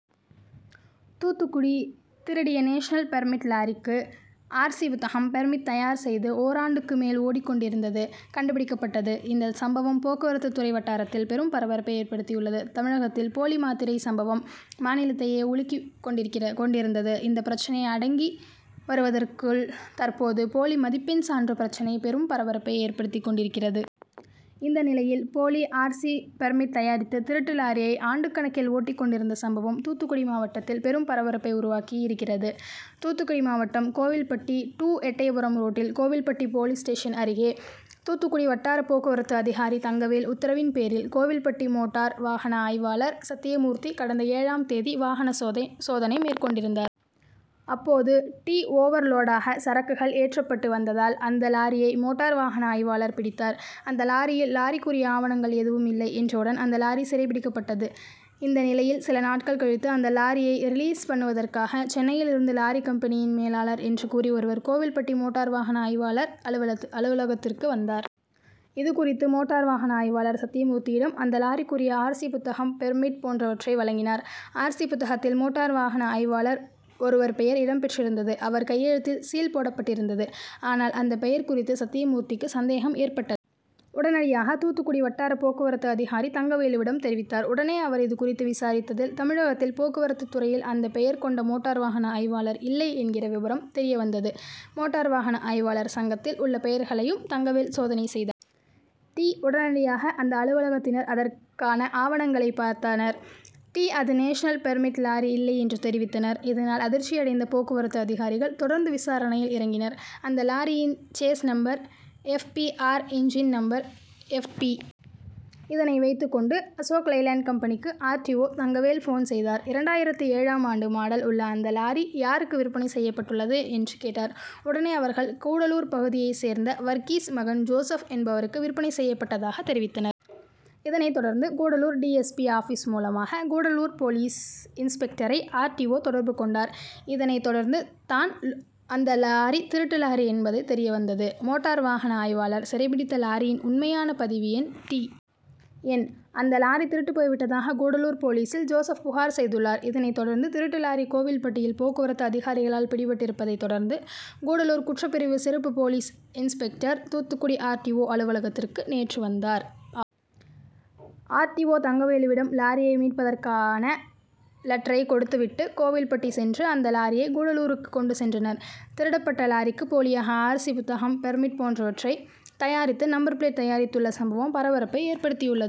தூத்துக்குடி திருடிய national permit லாரிக்கு R. C புத்தகம் பெர்மிட் தயார் செய்து ஓராண்டுக்கு மேல் ஓடிக் கொண்டிருந்தது கண்டுபிடிக்கப்பட்டது. இந்த சம்பவம் போக்குவரத்துறை வட்டாரத்தில் பெரும் பரபரப்பை ஏற்படுத்தியுள்ளது. தமிழகத்தில் போலி மாத்திரை சம்பவம் மாநிலத்தையே உலுக்கி கொண்டிருக்கிற கொண்டிருந்தது. இந்த பிரச்னை அடங்கி வருவதற்குள் தற்போது போலி மதிப்பெண் சான்று பிரச்னை பெரும் பரபரப்பை ஏற்படுத்தி கொண்டிருக்கிறது. இந்த நிலையில் போலி ஆர். சி. பெர்மிட் தயாரித்து திருட்டு லாரியை ஆண்டுக் கணக்கில் ஓட்டி கொண்டிருந்த சம்பவம் தூத்துக்குடி மாவட்டத்தில் பெரும் பரபரப்பை உருவாக்கி இருக்கிறது. தூத்துக்குடி மாவட்டம் கோவில்பட்டி டூ எட்டயபுரம் ரோட்டில் கோவில்பட்டி போலீஸ் ஸ்டேஷன் அருகே தூத்துக்குடி வட்டார போக்குவரத்து அதிகாரி தங்கவேல் உத்தரவின் பேரில் கோவில்பட்டி மோட்டார் வாகன ஆய்வாளர் சத்தியமூர்த்தி கடந்த ஏழாம் தேதி வாகன சோத சோதனை மேற்கொண்டிருந்தர். அப்போது டி. ஓவர் லோடாக சரக்குகள் ஏற்றப்பட்டு வந்ததால் அந்த லாரியை மோட்டார் வாகன ஆய்வாளர் பிடித்தார். அந்த லாரியில் லாரிக்குரிய ஆவணங்கள் எதுவும் இல்லை என்றவுடன் அந்த லாரி சிறைப்பிடிக்கப்பட்டது. இந்த நிலையில் சில நாட்கள் கழித்து அந்த லாரியை ரிலீஸ் பண்ணுவதற்காக சென்னையில் இருந்து லாரி கம்பெனியின் மேலாளர் என்று கூறி ஒருவர் கோவில்பட்டி மோட்டார் வாகன ஆய்வாளர் அலுவல அலுவலகத்திற்கு வந்தார். இது குறித்து மோட்டார் வாகன ஆய்வாளர் சத்தியமூர்த்தியிடம் அந்த லாரிக்குரிய ஆர். சி புத்தகம் பெர்மிட் போன்றவற்றை வழங்கினார். ஆர். சி. புத்தகத்தில் மோட்டார் வாகன ஆய்வாளர் ஒருவர் பெயர் இடம் பெற்றிருந்தது. அவர் கையெழுத்திட்டு சீல் போடப்பட்டிருந்தது. ஆனால் அந்த பெயர் குறித்து சத்தியமூர்த்திக்கு சந்தேகம் ஏற்பட்ட. உடனடியாக தூத்துக்குடி வட்டார போக்குவரத்து அதிகாரி தங்கவேலுவிடம் தெரிவித்தார். உடனே அவர் இது குறித்த விசாரித்ததில் தமிழகத்தில் போக்குவரத்துதுறையில் அந்த பெயர் கொண்ட மோட்டார் வாகன ஆய்வாளர் இல்லை என்கிற விபரம் தெரியவந்தது. மோட்டார் வாகன ஆய்வாளர் சங்கத்தில் உள்ள பெயர்களையும் தங்கவேல் சோதனை செய்த டி. உடனடியாக அந்த அலுவலகத்தினர் அதற்கான ஆவணங்களை பார்த்தனர். டி. அது நேஷனல் பெர்மிட் லாரி இல்லை என்று தெரிவித்தனர். இதனால் அதிர்ச்சியடைந்த போக்குவரத்து அதிகாரிகள் தொடர் விசாரணையில் இறங்கினர். அந்த லாரியின் chassis number F. B. R, engine number F. B. இதனை வைத்துக் கொண்டு அசோக்லைலென்ட் கம்பெனிக்கு R. T. O Thangavel phone செய்தார். இரண்டாயிரத்து ஏழாம் ஆண்டு மாடல் உள்ள அந்த லாரி யாருக்கு விற்பனை செய்யப்பட்டுள்ளது என்று கேட்டார். உடனே அவர்கள் கூடலூர் பகுதியை சேர்ந்த வர்கீஸ் மகன் ஜோசப் என்பவருக்கு விற்பனை செய்யப்பட்டதாக தெரிவித்தனர். இதனை தொடர்ந்து Gudalur D. S. P office மூலமாக கூடலூர் போலீஸ் இன்ஸ்பெக்டரை ஆர். டி. ஓ தொடர்பு கொண்டார். இதனை தொடர்ந்து தான் அந்த லாரி திருட்டு லாரி என்பது தெரியவந்தது. மோட்டார் வாகன ஆய்வாளர் சிறைபிடித்த லாரியின் உண்மையான பதிவு எண் டி. என். அந்த லாரி திருட்டு போய் விட்டதாக கூடலூர் போலீசில் ஜோசப் புகார் செய்துள்ளார். இதனை தொடர்ந்து திருட்டு லாரி கோவில்பட்டியில் போக்குவரத்து அதிகாரிகளால் பிடிபட்டிருப்பதை தொடர்ந்து கூடலூர் குற்றப்பிரிவு சிறப்பு police sub inspector Thoothukudi R. T. O அலுவலகத்திற்கு நேற்று வந்தார். ஆ. ஆர்.டி. ஓ தங்கவேலிடம் லாரியை மீட்பதற்கான லட்டரை கொடுத்து விட்டு கோவில்பட்டி சென்று அந்த லாரியை கூடலூருக்கு கொண்டு சென்றனர். திருடப்பட்ட லாரிக்கு போலியாக ஆர். சி புத்தகம் பெர்மிட் போன்றவற்றை தயாரித்து நம்பர் பிளேட் தயாரித்துள்ள சம்பவம் பரபரப்பை ஏற்படுத்தியுள்ள.